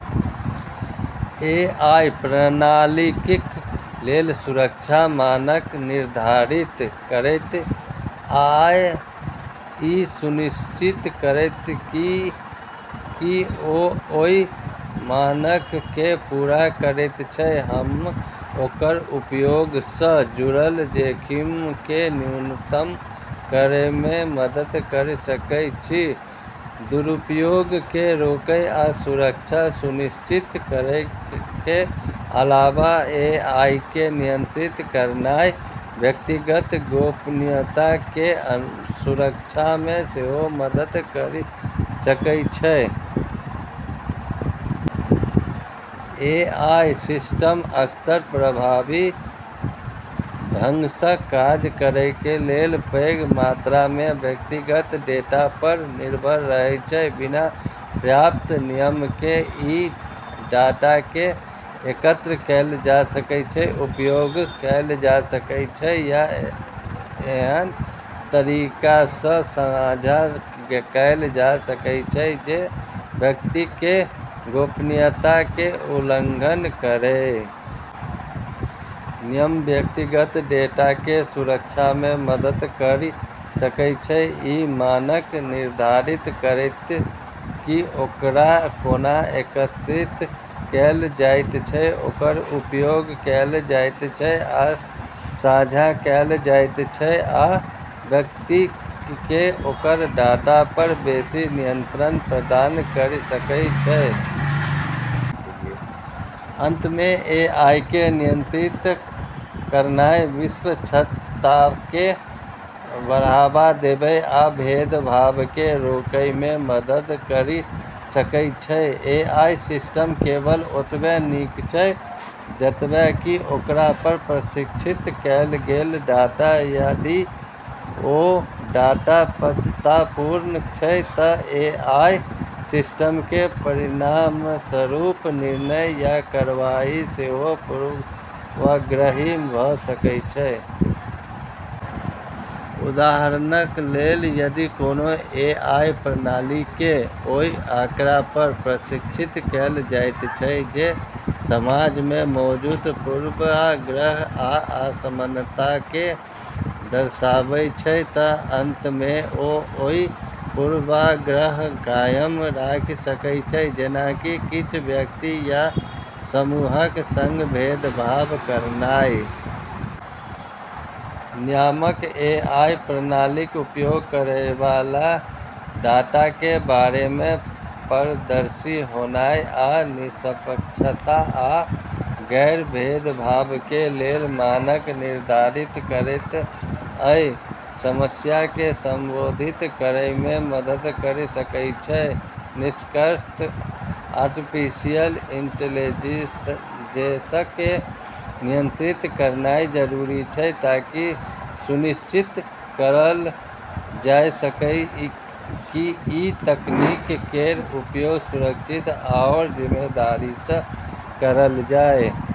AI प्रणालीक लेल सुरक्षा मानक निर्धारित करैत आ इ सुनिश्चित करैत कि की ओ ओइ मानकके पूरा करैत छै, हम ओकर उपयोगसँ जुड़ल जोखिमके न्यूनतम करेमे मदद करि सकै छी। दुरुपयोगके रोकै आ सुरक्षा सुनिश्चित करैके अलावा, एआईके नियंत्रित करनाइ व्यक्तिगत गोपनीयताके सुरक्षामे सेहो मदद करि सकै छै। एआई सिस्टम अक्सर प्रभावी ढङ्गसँ काज करैके लेल पैघ मात्रामे व्यक्तिगत डेटा पर निर्भर रहै छै। बिना पर्याप्त नियमके, ई डाटाके एकत्र कैल जा सकै छै, उपयोग कैल जा सकै छै या ऐहन तरीकासँ साझा कैल जा सकै छै जे व्यक्तिके गोपनीयताके उल्लंघन करै। नियमक व्यक्तिगत डेटाके सुरक्षामे मदद करि सकै छै, ई मानक निर्धारित करैत कि ओकरा कोना एकत्रित कैल जाइत छै, ओकर उपयोग कैल जाइत छै आ साझा कैल जाइत छै आ व्यक्तिके ओकर डाटा पर बेशी नियंत्रण प्रदान करि सकै छै। अंतमे, एआईके नियंत्रित करनाइ निष्पक्षताके बढ़ावा देबै आ भेदभावके रोकैमे मदद करि सकै छै। एआई सिस्टम केवल ओतबे नीक छै जतेक कि ओकरा पर प्रशिक्षित कैल गेल डाटा, आ यदि ओ डाटा पक्षपातपूर्ण छै, त' एआई सिस्टमके परिणामस्वरूप निर्णय या कार्रवाई सेहो पूर्वाग्रही भ' सकै छै। उदाहरणक लेल, यदि कोनो एआई प्रणालीके ओइ आँकड़ा पर प्रशिक्षित कैल जाइत छै जे समाजमे मौजूद पूर्वाग्रह आ असमानताके दर्शाबै छै, त' अंत मे ओ ओइ पूर्वाग्रहक कायम राखि सकै छै, जेना कि किछ व्यक्ति या समूहक सङ्ग भेदभाव करनाइ। नियामक एआई प्रणालीक उपयोग करैबला डाटाके बारेमे पारदर्शी होनाइ आ निष्पक्षता आ गैर-भेदभावके लेल मानक निर्धारित करैत अइ समस्याके संबोधित करैमे मदद करि सकै छै। निष्कर्षतः आर्टिफिशियल इंटेलिजेंसके नियंत्रित करनाइ जरूरी छै ताकि ई सुनिश्चित करल जाइ सकै कि ई तकनीक केर उपयोग सुरक्षित आओर जिम्मेदारीसँ करल जाइ ।